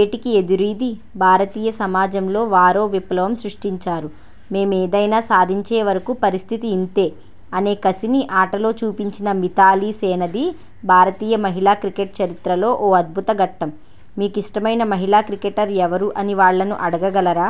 ఏటికి ఎదురీది భారతీయ సమాజంలో వారో విప్లవం సృష్టించారు. 'మేమేదైనా సాధించే వరకు పరిస్థితి ఇంతే' అనే కసిని ఆటలో చూపించిన మిథాలీ సేనది భారతీయ మహిళా క్రికెట్ చరిత్రలో ఓ అద్భుత ఘట్టం. మీ కిష్టమైన మహిళా క్రికెటర్ ఎవరు అని వాళ్లను అడగ గలరా?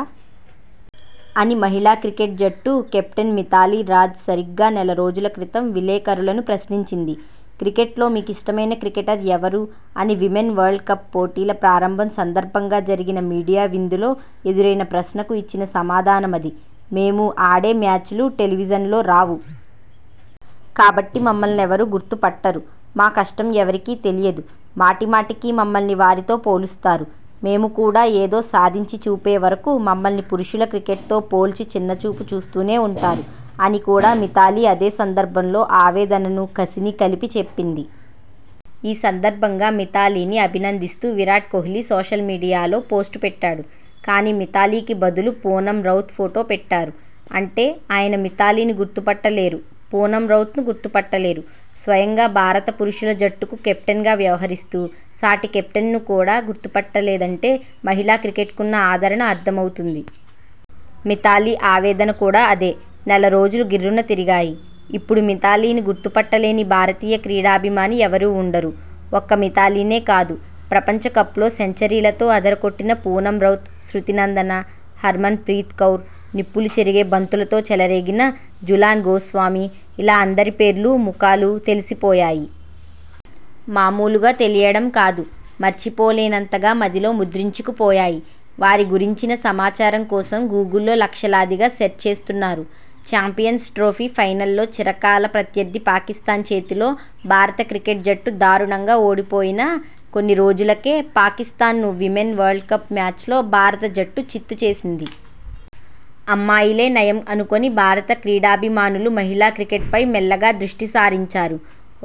'' అని మహిళా క్రికెట్ జట్టు కెప్టెన్ మిథాలీ రాజ్ సరిగ్గా నెలరోజుల క్రితం విలేకరులను ప్రశ్నించింది. ''క్రికెట్లో మీకిష్టమైన క్రికెటర్ ఎవరు'' అని విమెన్ వరల్డ్ కప్ పోటీల ప్రారంభం సందర్భంగా జరిగిన మీడియా విందులో ఎదురైన ప్రశ్నకు ఇచ్చిన సమాధానమది. ''మేము ఆడే మ్యాచులు టెలివిజన్లో రావు. కాబట్టి మమ్మల్నెవరూ గుర్తు పట్టరు. మా కష్టం ఎవరికీ తెలియదు. మాటిమాటికీ మమ్మల్ని వారితో పోలుస్తారు. మేము కూడా ఏదో సాధించి చూపే వరకు మమ్మల్ని పురుషుల క్రికెట్ తో పోల్చి చిన్నచూపు చూస్తూనే ఉంటారు'' అని కూడా మిథాలీ అదే సందర్భంలో ఆవేదనను, కసిని కలిపి చెప్పింది. ఈ సందర్భంగా మిథాలీని అభినందిస్తూ విరాట్ కోహ్లీ సోషల్ మీడియాలో పోస్టు పెట్టాడు. కానీ మిథాలీకి బదులు పూనమ్ రౌత్ ఫోటో పెట్టారు. అంటే ఆయన మిథాలీని గుర్తుపట్టలేరు. పూనమ్ రౌత్ను గుర్తు పట్టలేరు. స్వయంగా భారత పురుషుల జట్టుకు కెప్టెన్గా వ్యవహరిస్తూ సాటి కెప్టెన్ను కూడా గుర్తు పట్టలేదంటే మహిళా క్రికెట్కున్న ఆదరణ అర్థం అవుతుంది. మిథాలీ ఆవేదన కూడా అదే. నెల రోజులు గిర్రున తిరిగాయి. ఇప్పుడు మిథాలీని గుర్తు పట్టలేని భారతీయ క్రీడాభిమాని ఎవరూ ఉండరు. ఒక్క మిథాలీనే కాదు. ప్రపంచ కప్లో సెంచరీలతో అదరగొట్టిన పూనమ్ రౌత్, స్మృతి నందన, హర్మన్ ప్రీత్ కౌర్, నిప్పులు చెరిగే బంతులతో చెలరేగిన జులాన్ గోస్వామి ఇలా అందరి పేర్లూ, ముఖాలూ తెలిసిపోయాయి. మామూలుగా తెలియడం కాదు. మరిచిపోలేనంతగా మదిలో ముద్రించుకుపోయాయి. వారి గురించిన సమాచారం కోసం గూగుల్లో లక్షలాదిగా సెర్చ్ చేస్తున్నారు. ఛాంపియన్స్ ట్రోఫీ– ఫైనల్స్లో చిరకాల ప్రత్యర్థి పాకిస్తాన్ చేతిలో భారత క్రికెట్ జట్టు దారుణంగా ఓడిపోయిన కొన్ని రోజులకే, పాకిస్తాన్ను విమెన్ వరల్డ్ కప్ మ్యాచ్లో భారత జట్టు చిత్తు చేసింది. అమ్మాయిలే నయం అనుకుని భారత క్రీడాభిమానులు మహిళా క్రికెట్పై మెల్లగా దృష్టి సారించారు.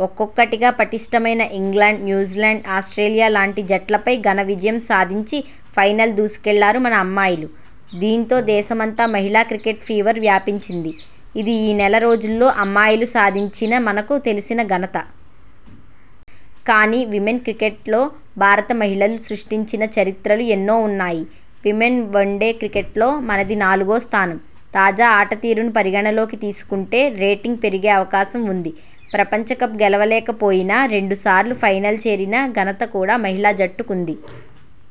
ఒక్కొక్కటిగా పటిష్టమైన ఇంగ్లండ్, న్యూజీలాండ్, ఆస్ట్రేలియా లాంటి జట్లపై ఘన విజయం సాధించి ఫైనల్ దూసుకెళ్లారు మన అమ్మాయిలు. దీంతో దేశమంతా మహిళా క్రికెట్ ఫీవర్ వ్యాపించింది. ఇది ఈ నెల రోజుల్లో అమ్మాయిలు సాధించిన మనకు తెలిసిన ఘనత. కానీ విమెన్ క్రికెట్లో భారత మహిళలు సృష్టించిన చరిత్రలు ఎన్నో ఉన్నాయి. విమెన్ వన్డే క్రికెట్లో మనది నాలుగో స్థానం. తాజా ఆటతీరును పరిగణలోకి తీసుకుంటే రేటింగ్ పెరిగే అవకాశం ఉంది. ప్రపంచ కప్ గెలవలేకపోయినా, రెండు సార్లు ఫైనల్ చేరిన ఘనత కూడా మహిళా జట్టుకుంది.